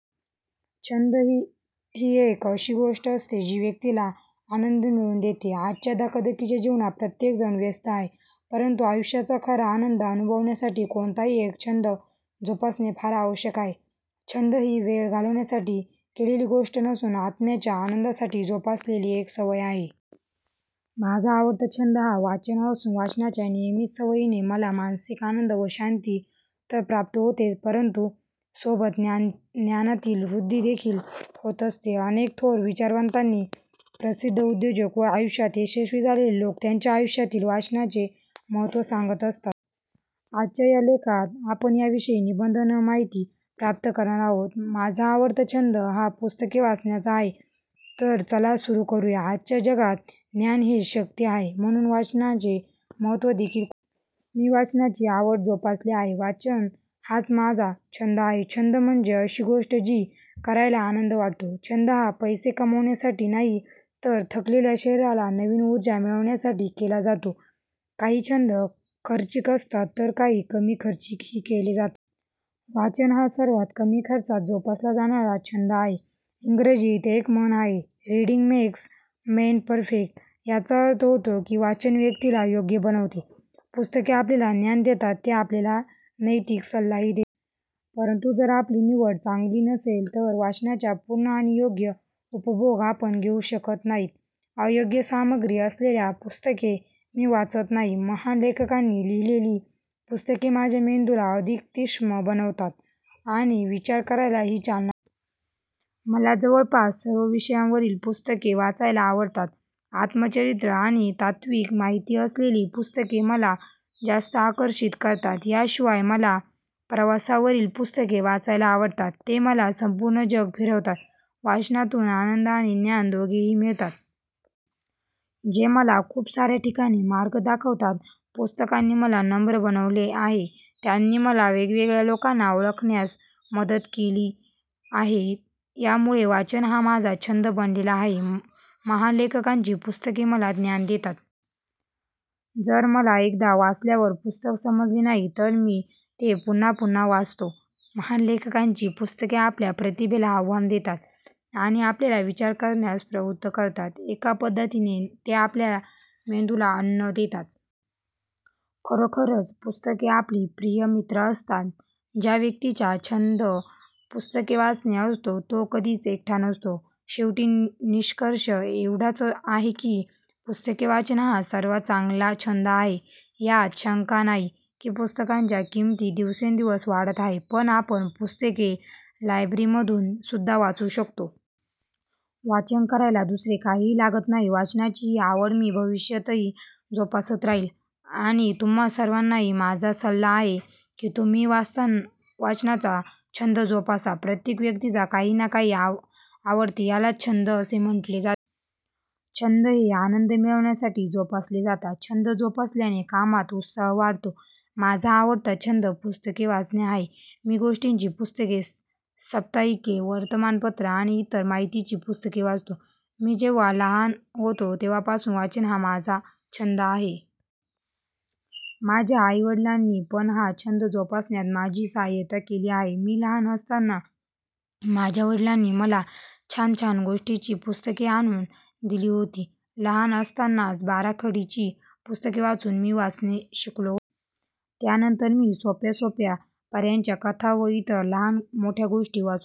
छंद ही एक अशी गोष्ट असते जी व्यक्तीला आंनद मिळवून देते. आजच्या धकाधकीच्या जीवनात प्रत्येकजण व्यस्त आहे. परंतु आयुष्याचा खरा आंनद अनुभवण्यासाठी कोणताही एक छंद जोपासणे फार आवश्यक आहे. छंद ही वेळ घालवण्यासाठी केलेली गोष्ट नसून आत्म्याच्या आनंदासाठी जोपासलेली एक सवय आहे. माझा आवडता छंद हा वाचन असून, वाचनाच्या नियमित सवयीने मला मानसिक आनंद व शांती तर प्राप्त होतेच परंतु सोबत ज्ञानातील वृद्धी देखील होत असते. अनेक थोर विचारवंतांनी, प्रसिद्ध उद्योजक व आयुष्यात यशस्वी झालेले लोक त्यांच्या आयुष्यातील वाचनाचे महत्व सांगत असतात. आजच्या या लेखात आपण याविषयी निबंध व माहिती प्राप्त करणार आहोत. माझा आवडता छंद हा पुस्तके वाचण्याचा आहे. तर चला सुरू करूया.. आजच्या जगात ज्ञान हेच शक्ती आहे. म्हणून वाचनाचे महत्त्व देखील खुप आहे. मी वाचनाची आवड जोपासली आहे. वाचन हाच माझा छंद आहे. छंद म्हणजे अशी गोष्ट जी करायला आनंद वाटतो. छंद हा पैसे कमवण्यासाठी नाही तर थकलेल्या शरीराला नवीन ऊर्जा मिळवण्यासाठी केला जातो. काही छंद खर्चिक असतात तर काही कमी खर्चात ही केले जातात. वाचन हा सर्वात कमी खर्चात जोपासला जाणारा छंद आहे. इंग्रजीत एक म्हण आहे "रीडींग मेक्स मैन परफेक्ट" याचा अर्थ होतो की वाचन व्यक्तीला योग्य बनवते. पुस्तके आपल्याला ज्ञान देतात ते आपल्याला नैतिक सल्लाही देतात. परंतु जर आपली निवड चांगली नसेल तर वाचनाच्या पूर्ण आणि योग्य उपभोग आपण घेऊ शकत नाहीत. अयोग्य सामग्री असलेल्या पुस्तके मी वाचत नाही. महान लेखकांनी लिहिलेली पुस्तके माझ्या मेंदूला अधिक तीक्ष्ण बनवतात आणि विचार करायला ही चालना देतात. मला जवळपास सर्व विषयांवरील पुस्तके वाचायला आवडतात. आत्मचरित्र आणि तात्विक माहिती असलेली पुस्तके मला जास्त आकर्षित करतात. याशिवाय मला प्रवासा वरील पुस्तके वाचायला आवडतात, ते मला संपूर्ण जग फिरवतात. वाचनातून आनंद आणि ज्ञान दोघेही मिळतात. जे मला खूप साऱ्या ठिकाणी मार्ग दाखवतात. पुस्तकांनी मला नम्र बनवले आहे. त्यांनी मला वेगवेगळ्या लोकांना ओळखण्यात मदत केली आहे. यामुळे वाचन हा माझा छंद बनलेला आहे. महान लेखकांची पुस्तके मला ज्ञान देतात. जर मला एकदा वाचल्यावर पुस्तक समजले नाही तर मी ते पुन्हा पुन्हा वाचतो. महान लेखकांची पुस्तके आपल्या प्रतिभेला आव्हान देतात आणि आपल्याला विचार करण्यास प्रवृत्त करतात. एका पद्धतीने ते आपल्या मेंदूला अन्न देतात. खरोखरच पुस्तके आपली प्रिय मित्र असतात. ज्या व्यक्तीच्या छंद पुस्तके वाचणे असतो तो कधीच एकटा नसतो. शेवटी निष्कर्ष एवढाच आहे की पुस्तके वाचन हा सर्वात चांगला छंद आहे. यात शंका नाही की पुस्तकांच्या किमती दिवसेंदिवस वाढत आहे पण आपण पुस्तके लायब्ररीमधून सुद्धा वाचू शकतो. वाचन करायला दुसरे काहीही लागत नाही. वाचनाची ही आवड मी भविष्यातही जोपासत राहिल आणि तुम्हा सर्वांनाही माझा सल्ला आहे की तुम्हीही वाचनाचा छंद जोपासा. प्रत्येक व्यक्तीची काही ना काही आवडते, यालाच छंद असे म्हटले जाते. छंद हे आनंद मिळवण्यासाठी जोपासले जातात. छंद जोपासल्याने कामात उत्साह वाढतो. माझा आवडता छंद पुस्तके वाचन आहे. मी गोष्टीची पुस्तके, साप्ताहिके, वर्तमानपत्र आणि इतर माहिती ची पुस्तके वाचतो. मी जेव्हा लहान होतो तेव्हापासून वाचन हा माझा छंद आहे. माझ्या आई वडिलांनी पण हा छंद जोपासण्यात माझी सहायता केली आहे. मी लहान असताना माझ्या वडिलांनी मला छान छान गोष्टींची पुस्तके आणून दिली होती. लहान असतानाच बाराखडी ची पुस्तके वाचून मी वाचणे शिकलो होतो. त्यानंतर मी सोप्या सोप्या पऱ्यांच्या कथा व इतर लहान मोठ्या गोष्टी वाचू लागलो.